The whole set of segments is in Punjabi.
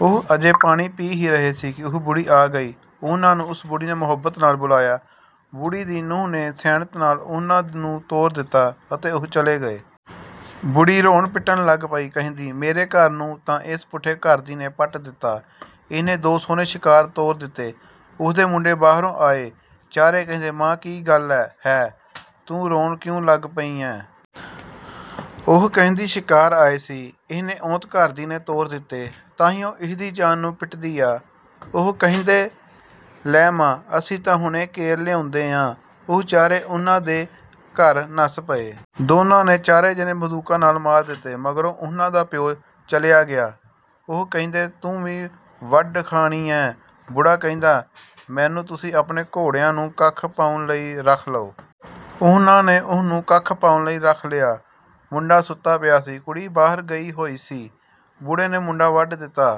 ਉਹ ਅਜੇ ਪਾਣੀ ਪੀ ਹੀ ਰਹੇ ਸੀ ਕਿ ਉਹ ਬੁੜ੍ਹੀ ਆ ਗਈ। ਉਹਨਾਂ ਨੂੰ ਉਸ ਬੁੜ੍ਹੀ ਨੇ ਮੁਹੱਬਤ ਨਾਲ ਬੁਲਾਇਆ। ਬੁੜ੍ਹੀ ਦੀ ਨੂੰਹ ਨੇ ਸੈਨਤ ਨਾਲ ਉਹਨਾਂ ਨੂੰ ਤੋਰ ਦਿੱਤਾ, ਅਤੇ ਉਹ ਚਲੇ ਗਏ। ਬੁੜ੍ਹੀ ਰੋਣ-ਪਿੱਟਣ ਲੱਗ ਪਈ, ਕਹਿੰਦੀ, "ਮੇਰੇ ਘਰ ਨੂੰ ਤਾਂ ਏਸ ਪੁੱਠੇ ਘਰ ਦੀ ਨੇ ਪੱਟ ਦਿੱਤਾ ਹੈ! ਇਹਨੇ ਦੋ ਸੋਹਣੇ ਸ਼ਿਕਾਰ ਤੋਰ ਦਿੱਤੇ।" ਉਹਦੇ ਮੁੰਡੇ ਬਾਹਰੋਂ ਆਏ। ਚਾਰੇ ਕਹਿੰਦੇ, "ਮਾਂ, ਕੀ ਗੱਲ ਹੈ, ਤੂੰ ਰੋਣ ਕਿਉਂ ਲੱਗ ਪਈ ਐਂ?" ਉਹ ਕਹਿੰਦੀ, "ਸ਼ਿਕਾਰ ਆਏ ਸੀ, ਇਹਨੇ ਔਂਤ-ਘਰ ਦੀ ਨੇ ਤੋਰ ਦਿੱਤੇ, ਤਾਂਹੀਓਂ ਇਹਦੀ ਜਾਨ ਨੂੰ ਪਿੱਟਦੀ ਆਂ।" ਉਹ ਕਹਿੰਦੇ, "ਲੈ ਮਾਂ, ਅਸੀਂ ਤਾਂ ਹੁਣੇ ਘੇਰ ਲਿਆਉਂਦੇ ਆਂ।" ਉਹ ਚਾਰੇ ਉਹਨਾਂ ਦੇ ਮਗਰ ਨੱਸ ਪਏ। ਦੋਨਾਂ ਨੇ ਚਾਰੇ ਜਣੇ ਬੰਦੂਕਾਂ ਨਾਲ ਮਾਰ ਦਿੱਤੇ। ਮਗਰੋਂ ਉਹਨਾਂ ਦਾ ਪਿਓ ਚਲਿਆ ਗਿਆ। ਉਹ ਕਹਿੰਦੇ, "ਤੂੰ ਵੀ ਵੱਢ ਖਾਣੀ ਐਂ?" ਬੁੜ੍ਹਾ ਕਹਿੰਦਾ, "ਮੈਨੂੰ ਤੁਸੀਂ ਆਪਣੇ ਘੋੜਿਆਂ ਨੂੰ ਕੱਖ ਪਾਉਣ ਲਈ ਰੱਖ ਲਓ।" ਉਹਨਾਂ ਨੇ ਉਹਨੂੰ ਕੱਖ ਪਾਉਣ ਲਈ ਰੱਖ ਲਿਆ। ਮੁੰਡਾ ਸੁੱਤਾ ਪਿਆ ਸੀ। ਕੁੜੀ ਬਾਹਰ ਗਈ ਹੋਈ ਸੀ। ਬੁੜ੍ਹੇ ਨੇ ਮੁੰਡਾ ਵੱਢ ਦਿੱਤਾ।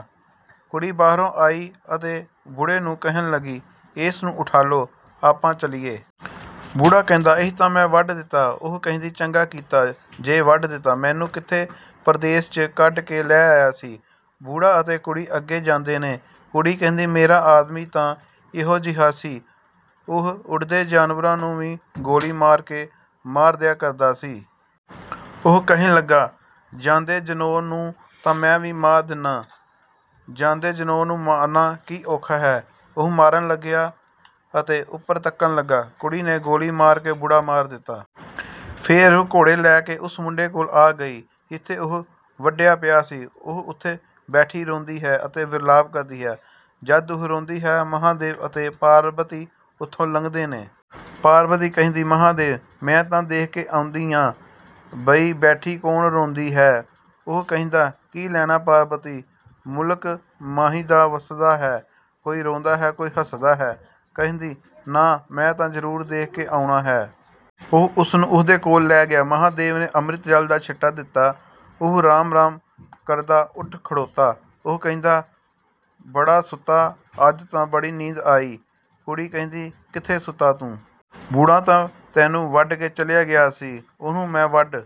ਕੁੜੀ ਬਾਹਰੋਂ ਆਈ ਅਤੇ ਬੁੜ੍ਹੇ ਨੂੰ ਕਹਿਣ ਲੱਗੀ, "ਏਸ ਨੂੰ ਉਠਾਲੋ, ਆਪਾਂ ਚੱਲੀਏ।" ਬੁੜ੍ਹਾ ਕਹਿੰਦਾ, "ਇਹ ਤਾਂ ਮੈਂ ਵੱਢ ਦਿੱਤਾ!" ਉਹ ਕਹਿੰਦੀ, "ਚੰਗਾ ਕੀਤਾ ਜੇ ਵੱਢ ਦਿੱਤਾ! ਮੈਨੂੰ ਕਿੱਥੇ ਪਰਦੇਸ 'ਚ ਕੱਢ ਕੇ ਲੈ ਆਇਆ ਸੀ।" ਬੁੜ੍ਹਾ ਅਤੇ ਕੁੜੀ ਅੱਗੇ ਜਾਂਦੇ ਨੇ। ਕੁੜੀ ਕਹਿੰਦੀ, "ਮੇਰਾ ਆਦਮੀ ਤਾਂ ਇਹੋ ਜਿਹਾ ਸੀ, ਉਹ ਉੱਡਦੇ ਜਾਨਵਰਾਂ ਨੂੰ ਵੀ ਗੋਲੀ ਮਾਰ ਕੇ ਮਾਰ ਦਿਆ ਕਰਦਾ ਸੀ।" ਉਹ ਕਹਿਣ ਲੱਗਾ, "ਜਾਂਦੇ ਜਨੌਰ ਨੂੰ ਤਾਂ ਮੈਂ ਵੀ ਮਾਰ ਦਿੰਨਾਂ! ਜਾਂਦੇ ਜਨੌਰ ਨੂੰ ਮਾਰਨਾ ਕੀ ਔਖਾ ਹੈ।" ਉਹ ਮਾਰਨ ਲੱਗਿਆ ਅਤੇ ਉੱਪਰ ਤੱਕਣ ਲੱਗਾ। ਕੁੜੀ ਨੇ ਗੋਲੀ ਮਾਰ ਕੇ ਬੁੜ੍ਹਾ ਮਾਰ ਦਿੱਤਾ। ਫ਼ੇਰ ਉਹ ਘੋੜੇ ਲੈ ਕੇ ਉਸ ਮੁੰਡੇ ਕੋਲ ਆ ਗਈ ਜਿੱਥੇ ਉਹ ਵੱਢਿਆ ਪਿਆ ਸੀ। ਉਹ ਉੱਥੇ ਬੈਠੀ ਰੋਂਦੀ ਹੈ ਅਤੇ ਵਿਰਲਾਪ ਕਰਦੀ ਹੈ। ਜਦ ਉਹ ਰੋਂਦੀ ਹੈ, ਮਹਾਂਦੇਵ ਅਤੇ ਪਾਰਬਤੀ ਉੱਥੋਂ ਲੰਘਦੇ ਨੇ! ਪਾਰਬਤੀ ਕਹਿੰਦੀ, "ਮਹਾਂਦੇਵ, ਮੈਂ ਤਾਂ ਦੇਖ ਕੇ ਆਉਂਦੀ ਆਂ ਬਈ ਬੈਠੀ ਕੌਣ ਰੋਂਦੀ ਹੈ।" ਉਹ ਕਹਿੰਦਾ, "ਕੀ ਲੈਣਾ ਪਾਰਬਤੀ! ਮੁਲਕ ਮਾਹੀ ਦਾ ਵਸਦਾ ਹੈ, ਕੋਈ ਰੋਂਦਾ ਹੈ, ਕੋਈ ਹੱਸਦਾ ਹੈ।" ਕਹਿੰਦੀ, "ਨਾ, ਮੈਂ ਤਾਂ ਜ਼ਰੂਰ ਦੇਖ ਕੇ ਆਉਣਾ ਹੈ।" ਉਹ ਉਸ ਨੂੰ ਉਹਦੇ ਕੋਲ ਲੈ ਗਿਆ। ਮਹਾਂਦੇਵ ਨੇ ਅੰਮ੍ਰਿਤ ਜਲ ਦਾ ਛਿੱਟਾ ਦਿੱਤਾ। ਉਹ 'ਰਾਮ-ਰਾਮ' ਕਰਦਾ ਉੱਠ ਖੜ੍ਹੋਤਾ! ਉਹ ਕਹਿੰਦਾ, "ਬੜਾ ਸੁੱਤਾ, ਅੱਜ ਤਾਂ ਬੜੀ ਨੀਂਦ ਆਈ।" ਕੁੜੀ ਕਹਿੰਦੀ, "ਕਿੱਥੇ ਸੁੱਤਾ ਤੂੰ! ਬੁੜ੍ਹਾ ਤਾਂ ਤੈਨੂੰ ਵੱਢ ਕੇ ਚਲਿਆ ਗਿਆ ਸੀ, ਉਹਨੂੰ ਮੈਂ ਵੱਢ